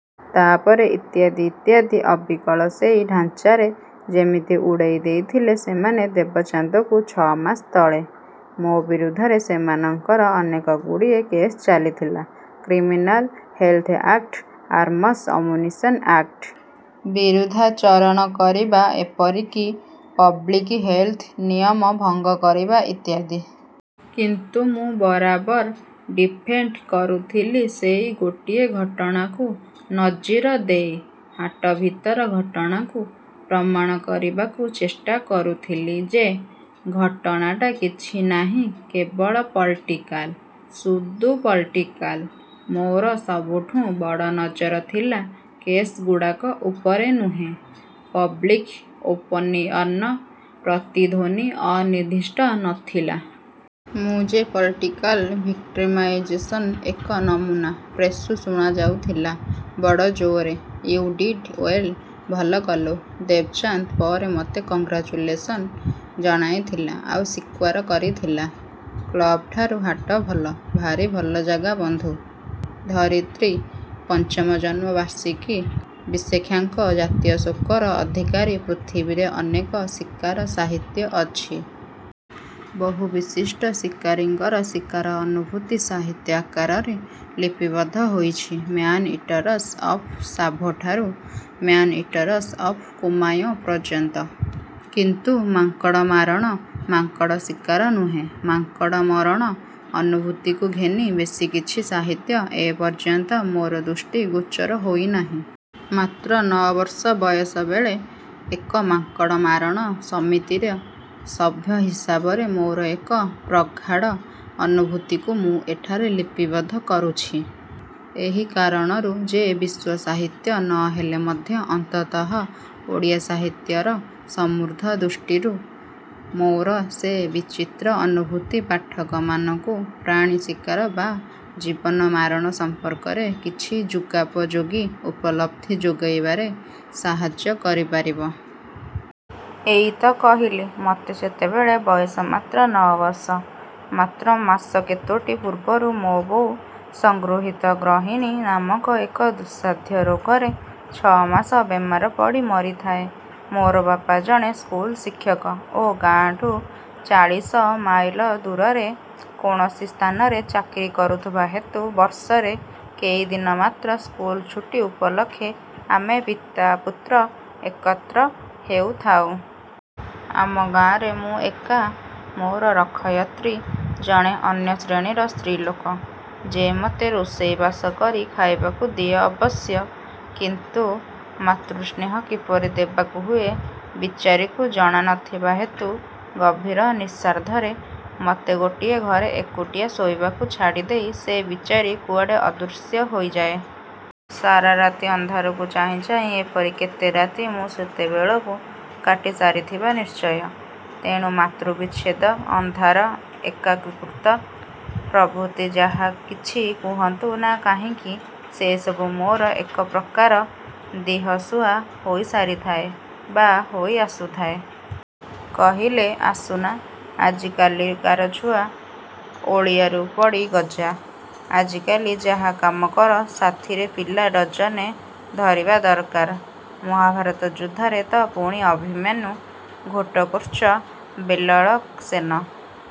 ତା' ପରେ ଇତ୍ୟାଦି ଇତ୍ୟାଦି ଅବିକଳ ସେଇ ଢାଞ୍ଚାରେ ଯେମିତି ଉଡ଼େଇ ଦେଇଥିଲେ ସେମାନେ ଦେବଚାନ୍ଦକୁ ଛ'ମାସ ତଳେ। ମୋ ବିରୁଦ୍ଧରେ ସେମାନଙ୍କର ଅନେକ ଗୁଡ଼ିଏ କେସ୍ ଚାଲିଥିଲା। Criminal, health act, arms ammunition act ବିରୁଦ୍ଧାଚରଣ କରିବା ଏପରି କି ପବ୍ଲିକ୍ ହେଲ୍ଥ ନିୟମ ଭଙ୍ଗ କରିବା ଇତ୍ୟାଦି। କିନ୍ତୁ ମୁଁ ବରାବର ଡିଫେଣ୍ଡ୍ କରୁଥିଲି ସେଇ ଗୋଟିଏ ଘଟଣାକୁ ନଜିର୍ ଦେଇ-ହାଟ ଭିତର ଘଟଣାକୁ। ପ୍ରମାଣ କରିବାକୁ ଚେଷ୍ଟା କରୁଥିଲି ଯେ ଘଟଣାଟା କିଛି ନାହିଁ କେବଳ ପଲିଟିକାଲ୍ ସୁଦୁ ପଲିଟିକାଲ୍। ମୋର ସବୁଠୁଁ ବଡ଼ ନଜର୍ ଥିଲା କେସ୍ ଗୁଡ଼ାକ ଉପରେ ନୁହେଁ-ପବ୍ଲିକ୍ ଓପିନିଅନ୍ର ପ୍ରତିଧ୍ଵନି ଅନିର୍ଦ୍ଦିଷ୍ଟ ନ ଥିଲା। ମୁଁ ଯେ ପଲିଟିକାଲ୍ ଭିକ୍ଟିମାଇଜେସନ୍ର ଏକ ନମୁନା-ପ୍ରେସ୍ରୁ ଶୁଣାଯାଉଥିଲା ବଡ଼ ଜୋର୍। "ୟୁ ଡିଡ଼୍ ୱେଲ୍, ଭଲ କଲୁ", ଦେବଚାନ୍ଦ୍ ପରେ ମତେ କଂଗ୍ରାଚୁଲେସନ୍ ଜଣାଇଥିଲା ଆଉ ସ୍ଵୀକାର କରିଥିଲା, "କ୍ଲବ୍ଠାରୁ ହାଟ ଭଲ, ଭାରି ଭଲ ଜାଗା, ବନ୍ଧୁ! " ଧରିତ୍ରୀ, ପଞ୍ଚମ ଜନ୍ମ-ବାର୍ଷିକୀ ବିଶେକ୍ଷାଙ୍କ, ଜାତୀୟ ଶୋକର ଅଧିକାରୀ ପୃଥିବୀରେ ଅନେକ ଶିକାର ସାହିତ୍ୟ ଅଛି। ବହୁ ବିଶିଷ୍ଟ ଶିକାରୀଙ୍କର ଶିକାର ଅନୁଭୂତି ସାହିତ୍ୟ ଆକାରରେ ଲିପିବଦ୍ଧ ହୋଇଛି। -ମ୍ୟାନ୍ ଇଟରସ୍ ଅଫ୍ ସାଭୋଠାରୁ ମ୍ୟାନ୍ ଇଟରସ ଅଫ୍ କୁମାଓଁ ପର୍ଯ୍ୟନ୍ତ। କିନ୍ତୁ ମାଙ୍କଡ଼ ମାରଣ, ମାଙ୍କଡ଼ ଶିକାର ନୁହେଁ, ମାଙ୍କଡ଼ ମରଣ ଅନୁଭୂତିକୁ ଘେନି ବେଶି କିଛି ସାହିତ୍ୟ ଏପର୍ଯ୍ୟନ୍ତ ମୋର ଦୃଷ୍ଟି ଗୋଚର ହୋଇନାହିଁ। ମାତ୍ର ନଅବର୍ଷ ବୟସ ବେଳେ ଏକ ମାଙ୍କଡ଼ ମାରଣ ସମିତିର ସଭ୍ୟ ହିସାବରେ ମୋର ଏକ ପ୍ରଗାଢ଼ ଅନୁଭୂତିକୁ ମୁଁ ଏଠାରେ ଲିପିବଦ୍ଧ କରୁଛି ଏହି କାରଣରୁ ଯେ ବିଶ୍ଵ ସାହିତ୍ୟ ନ ହେଲେ ମଧ୍ୟ ଅନ୍ତତଃ ଓଡ଼ିଆ ସାହିତ୍ୟର ସମୃଦ୍ଧ ଦୃଷ୍ଟିରୁ ମୋର ସେ ବିଚିତ୍ର ଅନୁଭୂତି ପାଠକମାନଙ୍କୁ ପ୍ରାଣୀ ଶିକାର ବା ଜୀବନ ମାରଣ ସମ୍ପର୍କରେ କିଛି ଯୁଗୋପଯୋଗୀ ଉପଲବ୍ଧି ଯୋଗାଇବାରେ ସାହାଯ୍ୟ କରିପାରିବ। ଏଇ ତ କହିଲି-ମତେ ସେତେବେଳେ ବୟସ ମାତ୍ର ନଅ ବର୍ଷ। ମାତ୍ର ମାସ କେତୋଟି ପୂର୍ବରୁ ମୋ ବୋଉ 'ସଂଗୃହୀତ ଗ୍ରହଣୀ' ନାମକ ଏକ ଦୁଃସାଧ୍ୟ ରୋଗରେ ଛ'ମାସ ବେମାର ପଡ଼ି ମରିଥାଏ। ମୋର ବାପା ଜଣେ ସ୍କୁଲ ଶିକ୍ଷକ ଓ ଗାଁ। ଠୁଁ ଚାଳିଶ ମାଇଲ ଦୂରରେ କୌଣସି ସ୍ଥାନରେ ଚାକିରି କରୁଥିବା ହେତୁ ବର୍ଷରେ କେଇଦିନ ମାତ୍ର ସ୍କୁଲ ଛୁଟି ଉପଲକ୍ଷେ ଆମେ ପିତାପୁତ୍ର ଏକତ୍ର ହେଉଥାଉ। ଆମ ଗାଁରେ ମୁଁ ଏକା। ମୋର ରକ୍ଷୟିତ୍ରୀ ଜଣେ ଅନ୍ୟ ଶ୍ରେଣୀର ସ୍ତ୍ରୀଲୋକ ଯେ ମତେ ରୋଷେଇ ବାସ କରି ଖାଇବାକୁ ଦିଏ ଅବଶ୍ୟ। କିନ୍ତୁ ମାତୃ ସ୍ନେହ କିପରି ଦେବାକୁ ହୁଏ ବିଚାରୀକୁ ଜଣା ନ ଥିବା ହେତୁ ଗଭୀର ନିଶାର୍ଦ୍ଧରେ ମତେ ଗୋଟିଏ ଘରେ ଏକୁଟିଆ ଶୋଇବାକୁ ଛାଡ଼ିଦେଇ ସେ ବିଚାରୀ କୁଆଡ଼େ ଅଦୃଶ୍ୟ ହୋଇଯାଏ। ସାରା ରାତି ଅନ୍ଧାରକୁ ଚାହିଁ ଚାହିଁ ଏପରି କେତେ ରାତି ମୁଁ ସେତେବେଳକୁ କାଟି ସାରିଥିବା ନିଶ୍ଚୟ। ତେଣୁ ମାତୃବିଚ୍ଛେଦ, ଅନ୍ଧାର, ଏକାକୀତ୍ଵ ପ୍ରଭୃତି ଯାହା କିଛି କୁହନ୍ତୁ ନା କାହିଁକି ସେ ସବୁ ମୋର ଏକ ପ୍ରକାର ଦିହସୁହା ହୋଇ ସାରିଥାଏ ବା ହୋଇ ଆସୁଥାଏ। କହିଲେ, "ଆସୁନା। ଆଜିକାଲିକାର ଛୁଆ ଓଳିଆରୁ ପଡ଼ି ଗଜା। ଆଜିକାଲି ଯାହା କାମ କର ସାଥିରେ ପିଲା ଡଜନେ ଧରିବା ଦରକାର। ମହାଭାରତ ଯୁଦ୍ଧରେ ତ ପୁଣି ଅଭିମନ୍ୟୁ, ଘଟୋତ୍କୋଚ, ବେଲଳସେନ